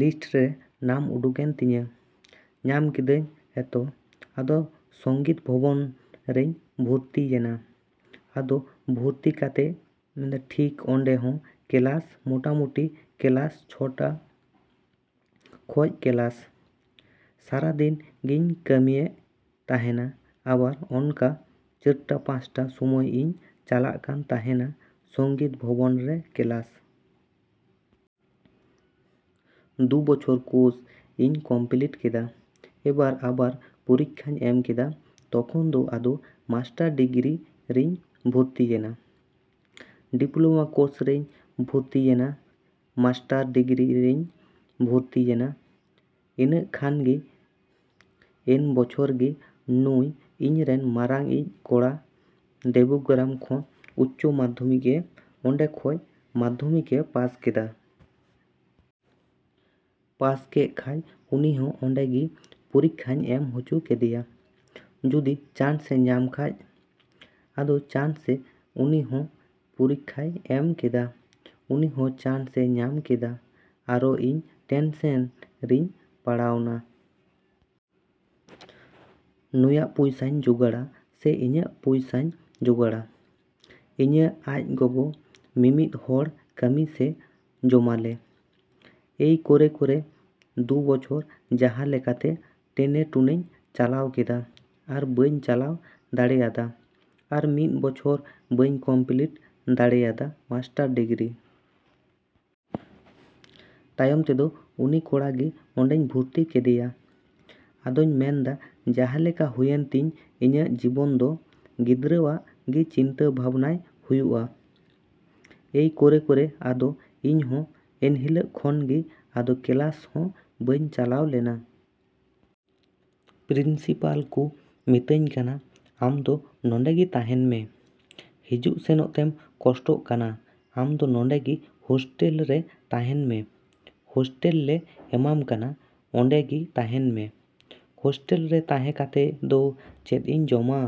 List ᱨᱮ ᱱᱟᱢ ᱩᱰᱩᱠᱮᱱ ᱛᱤᱧᱟ᱾ ᱧᱟᱢ ᱠᱮᱫᱟᱧ ᱮᱛᱚ᱾ ᱟᱫᱚ ᱥᱚᱝᱜᱤᱛ ᱵᱷᱚᱵᱚᱱ ᱨᱤᱧ ᱵᱷᱚᱨᱛᱤ ᱭᱮᱱᱟ᱾ ᱟᱫᱚ ᱵᱷᱚᱨᱛᱤ ᱠᱟᱛᱮᱜ ᱴᱷᱤᱠ ᱚᱱᱰᱮ ᱦᱚᱸ ᱠᱮᱞᱟᱥ ᱢᱳᱴᱟᱢᱩᱴᱤ ᱠᱮᱞᱟᱥ ᱪᱷᱚᱴᱟ ᱠᱷᱚᱡ ᱠᱮᱞᱟᱥ᱾ ᱥᱟᱨᱟᱫᱤᱱ ᱜᱤᱧ ᱠᱟᱹᱢᱤᱭᱮᱜ ᱛᱟᱸᱦᱮᱱᱟ᱾ ᱟᱵᱟᱨ ᱚᱱᱠᱟ ᱪᱟᱹᱨᱴᱟ ᱯᱟᱸᱪᱴᱟ ᱥᱚᱢᱚᱭ ᱤᱧ ᱪᱟᱞᱟᱜ ᱠᱟᱱ ᱛᱟᱸᱦᱮᱱᱟ ᱥᱚᱝᱜᱤᱛ ᱵᱷᱚᱵᱚᱱᱨᱮ ᱠᱮᱞᱟᱥ᱾ ᱫᱩ ᱵᱚᱪᱷᱚᱨ ᱠᱳᱨᱥ ᱤᱧ ᱠᱳᱢᱯᱤᱞᱤᱴ ᱠᱮᱫᱟ᱾ ᱮᱵᱟᱨ ᱟᱵᱟᱨ ᱯᱚᱨᱤᱠᱠᱷᱟᱧ ᱮᱢ ᱠᱮᱫᱟ᱾ ᱛᱚᱠᱷᱚᱱ ᱫᱚ ᱟᱫᱚ ᱢᱟᱥᱴᱟᱨ ᱰᱤᱜᱽᱨᱤ ᱨᱤᱧ ᱵᱷᱚᱨᱛᱤᱭᱮᱱᱟ᱾ ᱰᱤᱯᱞᱳᱢᱟ ᱠᱳᱨᱥ ᱨᱤᱧ ᱵᱷᱚᱨᱛᱤᱭᱮᱱᱟ᱾ ᱢᱟᱥᱴᱟᱨ ᱰᱤᱜᱽᱨᱤ ᱨᱤᱧ ᱵᱷᱚᱨᱛᱤ ᱭᱮᱱᱟ᱾ ᱤᱱᱟᱹᱜ ᱠᱷᱟᱱᱜᱮ ᱮᱱ ᱵᱚᱪᱷᱚᱨᱜᱮ ᱱᱩᱭ ᱤᱧ ᱨᱮᱱ ᱢᱟᱨᱟᱝ ᱤᱪ ᱠᱚᱲᱟ ᱫᱮᱵᱜᱨᱟᱢ ᱠᱷᱚᱱ ᱩᱪᱪᱚ ᱢᱟᱫᱽᱫᱷᱚᱢᱤᱠ ᱮ, ᱚᱱᱰᱮ ᱠᱷᱚᱡ ᱢᱟᱫᱽᱫᱷᱚᱢᱤᱠ ᱮ ᱯᱟᱥ ᱠᱮᱫᱟ᱾ ᱯᱟᱥ ᱠᱮᱜ ᱠᱷᱟᱡ ᱩᱱᱤᱦᱚᱸ ᱚᱱᱰᱮ ᱜᱮ ᱯᱚᱨᱤᱠᱠᱷᱟᱧ ᱮᱢ ᱦᱚᱪᱚ ᱠᱮᱫᱮᱭᱟ ᱡᱚᱫᱤ ᱪᱟᱱᱥ ᱮ ᱧᱟᱢ ᱠᱷᱟᱡ᱾ ᱟᱫᱚ ᱪᱟᱱᱥᱮ ᱩᱱᱤ ᱦᱚᱸ ᱯᱚᱨᱤᱠᱠᱷᱟᱭ ᱮᱢ ᱠᱮᱫᱟ᱾ ᱩᱱᱤ ᱦᱚᱸ ᱪᱟᱱᱥ ᱮ ᱧᱟᱢ ᱠᱮᱫᱟ᱾ ᱟᱨᱚ ᱤᱧ ᱴᱮᱱᱥᱮᱱ ᱨᱤᱧ ᱯᱟᱲᱟᱣᱱᱟ᱾ ᱱᱩᱭᱟᱜ ᱯᱚᱭᱥᱟᱧ ᱡᱚᱜᱟᱲᱟ ᱥᱮ ᱤᱧᱟᱹᱜ ᱯᱚᱭᱥᱟᱧ ᱡᱚᱜᱟᱲᱟ? ᱤᱧᱟᱹᱜ ᱟᱡ ᱜᱚᱜᱚ ᱢᱤᱢᱤᱫ ᱦᱚᱲ ᱠᱟᱹᱢᱤ ᱥᱮ ᱡᱚᱢᱟᱞᱮ᱾ ᱮᱭ ᱠᱚᱨᱮ ᱠᱚᱨᱮ ᱫᱩ ᱵᱚᱪᱷᱚᱨ ᱡᱟᱸᱦᱟ ᱞᱮᱠᱟᱛᱮ ᱴᱮᱱᱮ ᱴᱩᱱᱮᱧ ᱪᱟᱞᱟᱣ ᱠᱮᱫᱟ ᱟᱨ ᱵᱟᱹᱧ ᱪᱟᱞᱟᱣ ᱫᱟᱲᱮ ᱟᱫᱟ᱾ ᱟᱨ ᱢᱤᱫ ᱵᱚᱪᱷᱚᱨ ᱵᱟᱹᱧ ᱠᱚᱢᱯᱤᱞᱤᱴ ᱫᱟᱲᱮᱭᱟᱫᱟ ᱢᱟᱥᱴᱟᱨ ᱰᱤᱜᱽᱨᱤ᱾ ᱛᱟᱭᱚᱢ ᱛᱮᱫᱚ ᱩᱱᱤ ᱠᱚᱲᱟᱜᱮ ᱚᱱᱰᱮᱧ ᱵᱷᱚᱨᱛᱤ ᱠᱮᱫᱮᱭᱟ᱾ ᱟᱫᱚᱧ ᱢᱮᱱᱫᱟ, ᱡᱟᱸᱦᱟ ᱞᱮᱠᱟ ᱦᱩᱭᱮᱱᱛᱤᱧ ᱤᱧᱟᱹᱜ ᱡᱤᱵᱚᱱ ᱫᱚ, ᱜᱤᱫᱽᱨᱟᱹ ᱟᱜ ᱜᱮ ᱪᱤᱱᱛᱟ ᱵᱷᱟᱵᱽᱱᱟᱭ ᱦᱩᱭᱩᱜ-ᱟ᱾ ᱮᱭ ᱠᱚᱨᱮ ᱠᱚᱨᱮ ᱟᱫᱚ ᱤᱧᱦᱚᱸ ᱮᱱᱦᱤᱞᱳᱜ ᱠᱷᱚᱱᱜᱮ ᱟᱫᱚ ᱠᱮᱞᱟᱥ ᱦᱚᱸ ᱵᱟᱹᱧ ᱪᱟᱞᱟᱣ ᱞᱮᱱᱟ᱾ ᱯᱨᱤᱱᱥᱤᱯᱟᱞ ᱠᱚ ᱢᱤᱛᱟᱹᱧ ᱠᱟᱱᱟ, ᱟᱢ ᱫᱚ ᱱᱚᱰᱮᱜᱮ ᱛᱟᱸᱦᱮᱱ ᱢᱮ᱾ ᱦᱤᱡᱩᱜ ᱥᱮᱱᱚᱜ ᱛᱮᱢ ᱠᱚᱥᱴᱚᱜ ᱠᱟᱱᱟ᱾ ᱟᱢ ᱫᱚ ᱱᱚᱰᱮ ᱜᱮ ᱦᱚᱥᱴᱮᱞ ᱨᱮ ᱛᱟᱸᱦᱮᱱ ᱢᱮ᱾ ᱦᱚᱥᱴᱮᱞᱞᱮ ᱮᱢᱟᱢ ᱠᱟᱱᱟ᱾ ᱚᱱᱰᱮ ᱜᱮ ᱛᱟᱸᱦᱮᱱ ᱢᱮ᱾ᱦᱚᱥᱴᱮᱞᱨᱮ ᱛᱟᱸᱦᱮ ᱠᱟᱛᱮᱜ ᱫᱚ ᱪᱮᱫ ᱤᱧ ᱡᱚᱢᱟ?